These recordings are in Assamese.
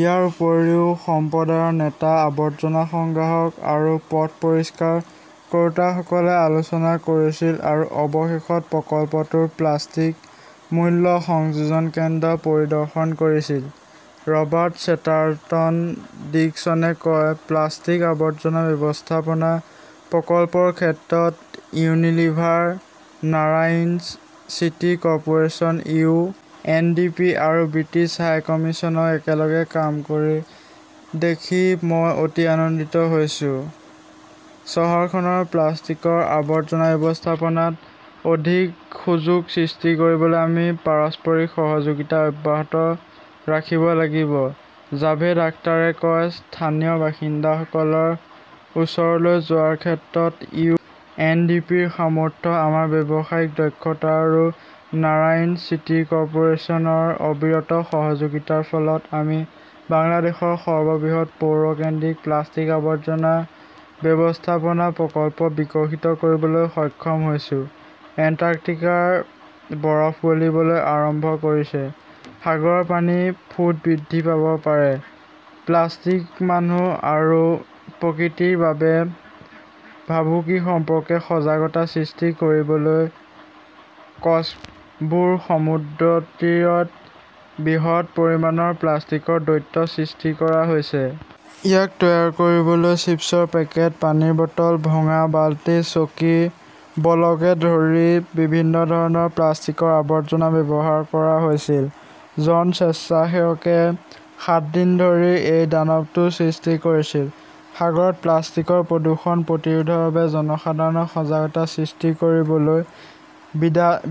ইয়াৰ উপৰিও, সম্প্ৰদায়ৰ নেতা, আৱৰ্জনা সংগ্ৰাহক আৰু পথ পৰিষ্কাৰ কৰোঁতাসকলে আলোচনা কৰিছিল আৰু অৱশেষত প্ৰকল্পটোৰ প্লাষ্টিক মূল্য সংযোজন কেন্দ্ৰ' পৰিদৰ্শন কৰিছিল। ৰবাৰ্ট চেটাৰটন ডিকছনে কয়, প্লাস্টিক আৱৰ্জনা ব্যৱস্থাপনা প্ৰকল্পৰ ক্ষেত্ৰত ইউনিলিভাৰ, নাৰাংইজ city corporation, U. N. D. P. আৰু ব্ৰিটিছ হাই কমিছনক একেলগে কাম কৰি দেখি মই অতি আনন্দিত হৈছো। চহৰখনৰ প্লাষ্টিকৰ আৱৰ্জনা ব্যৱস্থাপনাত অধিক সুযোগ সৃষ্টি কৰিবলৈ আমি পাৰস্পৰিক সহযোগিতা অব্যাহত ৰাখিব লাগিব। জাভেদ আখতাৰে কয়, স্থানীয় বাসিন্দাসকলৰ ওচৰলৈ যোৱাৰ ক্ষেত্ৰত ইউ. এন. ডি. পি. ৰ সামৰ্থ্য, আমাৰ ব্যৱসায়িক দক্ষতা আৰু নাৰাংইজ চিটি কৰ্পোৰেচনৰ অবিৰত সহযোগিতাৰ ফলত আমি বাংলাদেশৰ সৰ্ববৃহৎ পৌৰ কেন্দ্ৰিক প্লাষ্টিক আৱৰ্জনা ব্যৱস্থাপনা প্ৰকল্প বিকশিত কৰিবলৈ সক্ষম হৈছো। । এণ্টাৰ্কটিকাৰ বৰফ গলিবলৈ আৰম্ভ কৰিছে, সাগৰৰ পানী ফুট বৃদ্ধি পাব পাৰে প্লাষ্টিক মানুহ আৰু প্ৰকৃতিৰ বাবে ভাবুকি সম্পৰ্কে সজাগতা সৃষ্টি কৰিবলৈ কক্সবুৰ সমুদ্ৰতীৰত বৃহৎ পৰিমাণৰ প্লাষ্টিকৰ দৈত্য সৃষ্টি কৰা হৈছে। ইয়াক তৈয়াৰ কৰিবলৈ চিপছৰ পেকেট, পানীৰ বটল, ভঙা বালতি, চকী, বলকে ধৰি বিভিন্ন ধৰণৰ প্লাষ্টিকৰ আৱৰ্জনা ব্যৱহাৰ কৰা হৈছিল। জন স্বেচ্ছাসেৱকে সাত দিন ধৰি এই দানৱটো সৃষ্টি কৰিছিল। সাগৰত প্লাষ্টিকৰ প্ৰদূষণ প্ৰতিৰোধৰ বাবে জনসাধাৰণৰ সজাগতা সৃষ্টি কৰিবলৈ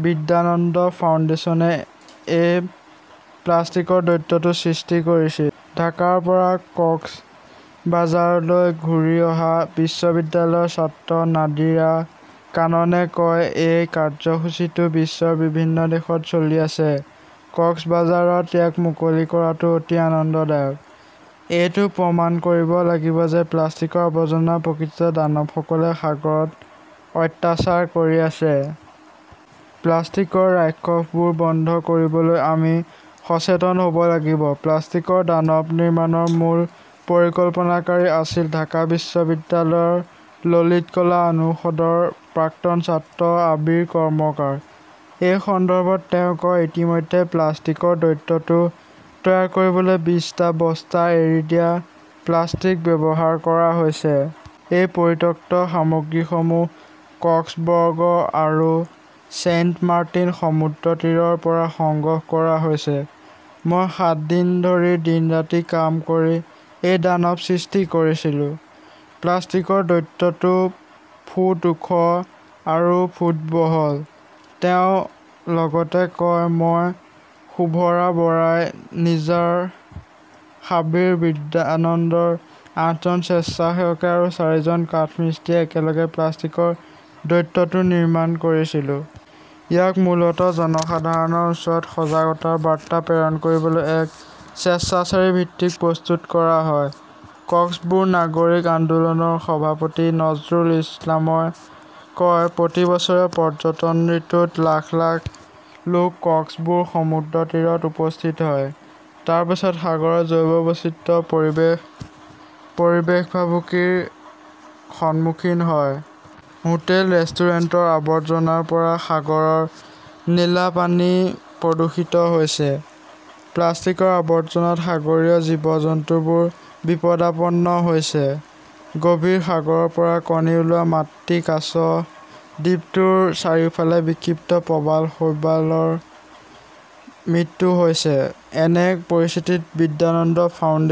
'বিদ্যানন্দ ফাউণ্ডেশ্যন এ প্লাষ্টিকৰ দৈত্যটো সৃষ্টি কৰিছিল। ঢাকাৰ পৰা কক্সবাজাৰলৈ ঘূৰি অহা বিশ্ববিদ্যালয়ৰ ছাত্ৰ নাদিৰা কাননে কয়, এই কাৰ্যসূচীটো বিশ্বৰ বিভিন্ন দেশত চলি আছে। কক্সবাজাৰত ইয়াক মুকলি কৰাটো অতি আনন্দদায়ক। এইটো প্ৰমাণ কৰিব লাগিব যে প্লাষ্টিকৰ আৱৰ্জনা প্ৰকৃততে দানৱসকলে সাগৰক অত্যাচাৰ কৰি আছে। প্লাষ্টিকৰ ৰাক্ষসবোৰ বন্ধ কৰিবলৈ আমি সচেতন হ 'ব লাগিব। প্লাষ্টিকৰ দানৱ নিৰ্মাণৰ মূল পৰিকল্পনাকাৰী আছিল ঢাকা বিশ্ববিদ্যালয়ৰ ললিত কলা অনুষদৰ প্ৰাক্তন ছাত্ৰ আবিৰ কৰ্মকাৰ। এই সন্দৰ্ভত তেওঁ কয়, ইতিমধ্যে প্লাষ্টিকৰ দৈত্যটো তৈয়াৰ কৰিবলৈ বিশ টা বস্তা এৰি দিয়া প্লাষ্টিক ব্যৱহাৰ কৰা হৈছে। এই পৰিত্যক্ত সামগ্ৰীসমূহ কক্সবৰ্গ আৰু ছেইণ্টমাৰ্টিন সমুদ্ৰতীৰৰ পৰা সংগ্ৰহ কৰা হৈছে। মই সাত দিন ধৰি দিন-ৰাতি কাম কৰি এই দানৱ সৃষ্টি কৰিছিলো। প্লাষ্টিকৰ দৈত্যটো ফুট ওখ আৰু ফুট বহল, তেওঁ লগতে কয়। মই, শুভৰা বৰাই, নিৰ্জাৰ, সাবিৰ, বিদ্যানন্দৰ আঠজন স্বেচ্ছাসেৱক আৰু চাৰিজন কাঠমিস্ত্ৰীয়ে একেলগে প্লাষ্টিকৰ দৈত্যটো নিৰ্মাণ কৰিছিলো। ইয়াক মূলতঃ জনসাধাৰণৰ ওচৰত সজাগতাৰ বাৰ্তা প্ৰেৰণ কৰিবলৈ এক স্বেচ্ছাচাৰী ভিত্তিত প্ৰস্তুত কৰা হয়। কক্সবুৰ নাগৰিক আন্দোলনৰ সভাপতি নজৰুল ইছলামই কয়, প্ৰতি বছৰে পৰ্যটন ঋতুত লাখ লাখ লোক কক্সবুৰ সমুদ্ৰতীৰত উপস্থিত হয়। তাৰ পিছত সাগৰৰ জৈৱ বৈচিত্ৰ্য, পৰিৱেশ-পৰিৱেশ ভাবুকিৰ সন্মুখীন হয়। হোটেল-ৰেষ্টুৰেণ্টৰ আৱৰ্জনাৰ পৰা সাগৰৰ নীলা পানী প্ৰদূষিত হৈছে। প্লাষ্টিকৰ আৱৰ্জনাত সাগৰীয় জীৱ-জন্তুবোৰ বিপদাপন্ন হৈছে। গভীৰ সাগৰৰ পৰা কণী ওলোৱা মাতৃ কাছ, দ্বীপটোৰ চাৰিওফালে বিক্ষিপ্ত প্ৰবাল-শৈবালৰ মৃত্যু হৈছে। এনে পৰিস্থিতিত বিদ্যানন্দ ফাউণ্ডেচনে